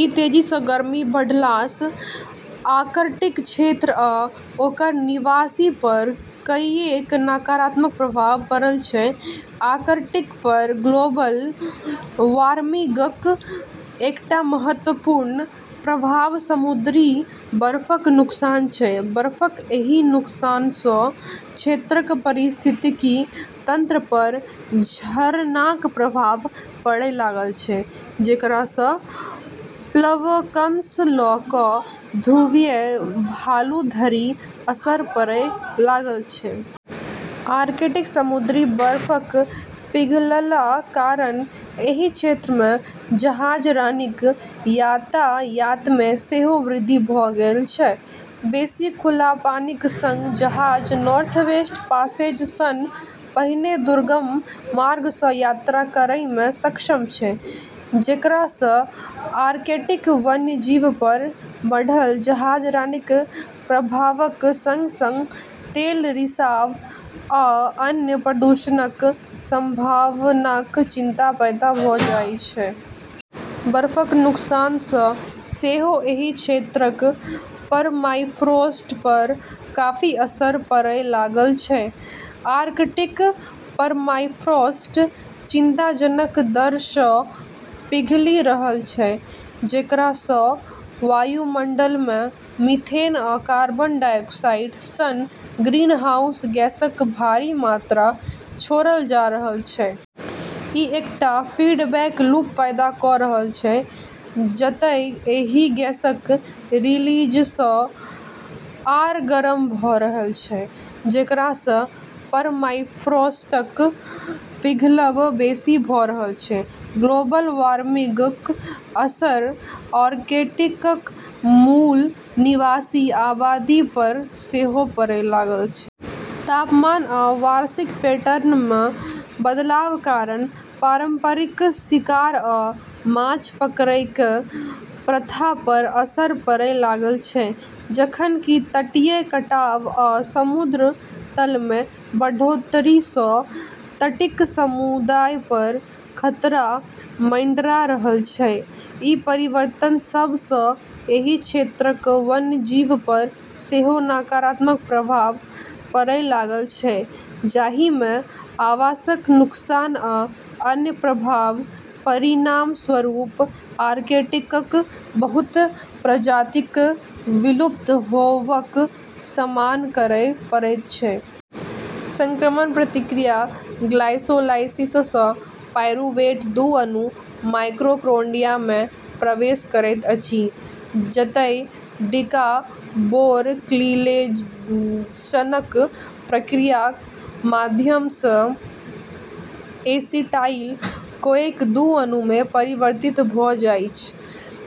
ई तेजीसँ गर्मी बढ़लासँ आर्कटिक क्षेत्र आ ओकर निवासीपर कईएक नकारात्मक प्रभाव पड़ल छै। आर्कटिकपर ग्लोबल वार्मिंगक एकटा महत्वपूर्ण प्रभाव समुद्री बर्फक नुकसान छै। बर्फक एहि नुकसानसँ क्षेत्रक पारिस्थितिकी तंत्रपर झरनाक प्रभाव पड़ै लागल छै, जेकरासँ प्लवकसँ लऽ कऽ ध्रुवीय भालू धरि असर पड़ै लागल छै। आर्कटिक समुद्री बर्फक पिघलला कारण एहि क्षेत्रमे जहाजरानीक यातायातमे सेहो वृद्धि भऽ गेल छै। बेसि खुला पानीक संग जहाज नॉर्थवेस्ट पासेज सन पहिने दुर्गम मार्गसँ यात्रा करैमे सक्षम छै, जेकरासँ आर्कटिक वन्यजीवपर बढ़ल जहाजरानीक प्रभावक संग-संग तेल रिसाव आ अन्य प्रदूषणक संभावनाक चिंता पैदा भऽ जाइछ। बर्फक नुकसानसँ सेहो एहि क्षेत्रक परमाफ्रॉस्टपर काफी असर पड़ै लागल छै। आर्कटिक पर्माफ्रॉस्ट चिंताजनक दरसँ पिघलि रहल छै, जेकरासँ वायुमंडलमे मीथेन आ कार्बन डाइऑक्साइड सन ग्रीनहाउस गैसक भारी मात्रा छोड़ल जा रहल छै। ई एकटा फीडबैक लूप पैदा कऽ रहल छै, जतए एहि गैसक रिलीजसँ आर गरम भऽ रहल छै, जेकरासँ परमाफ्रॉस्टक पिघलब बेसि भऽ रहल छै। ग्लोबल वार्मिंगक असर आर्कटिकक मूल निवासी आबादीपर सेहो पड़ै लागल छै। तापमान आ वर्षाक पैटर्नमे बदलाव कारण पारंपरिक शिकार आ माछ पकड़ैकेँ प्रथापर असर पड़ै लागल छै, जखन कि तटीय कटाव आ समुद्र तलमे बढ़ोत्तरीसँ तटीय समुदायपर खतरा मँडरा रहल छै। ई परिवर्तन सभसँ एहि क्षेत्रक वन्यजीवपर सेहो नकारात्मक प्रभाव पड़ै लागल छै, जाहिमे आवासक नुकसान आ अन्य प्रभावक परिणामस्वरूप आर्कटिकक बहुत प्रजातिकेँ विलुप्त होबक सामना करै पड़ैत छै। संक्रमण प्रतिक्रिया: ग्लाइकोलाइसिससँ पाइरुवेटक दू अणु माइटोकॉन्ड्रियामे प्रवेश करैत अछि, जतए डिकार्बोक्जिलेशनक प्रक्रियाक माध्यमसँ एसिटाइल-कोएक दू अणुमे परिवर्तित भऽ जाइछ।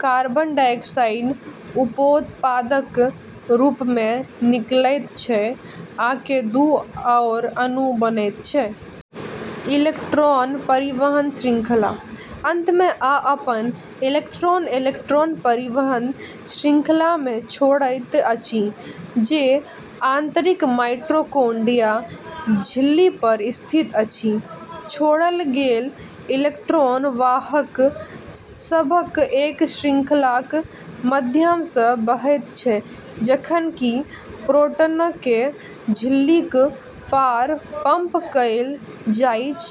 कार्बन डाइऑक्साइड उपोत्पादक रूपमे निकलैत छै, आ के दू आओर अणु बनैत छै। इलेक्ट्रॉन परिवहन श्रृंखला: अंतमे आ अपन इलेक्ट्रॉन इलेक्ट्रॉन परिवहन श्रृंखलामे छोड़ैत अछि, जे आंतरिक माइटोकॉन्ड्रिया झिल्लीपर स्थित अछि। छोड़ल गेल इलेक्ट्रॉन वाहक सभक एक श्रृंखलाक माध्यमसँ बहैत छै, जखन कि प्रोटॉनकेँ झिल्लीक पार पंप कएल जाइछ,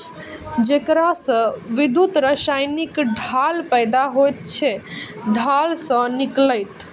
जेकरासँ विद्युत रासायनिक ढाल पैदा होइत छै। ढालसँ निकलैत--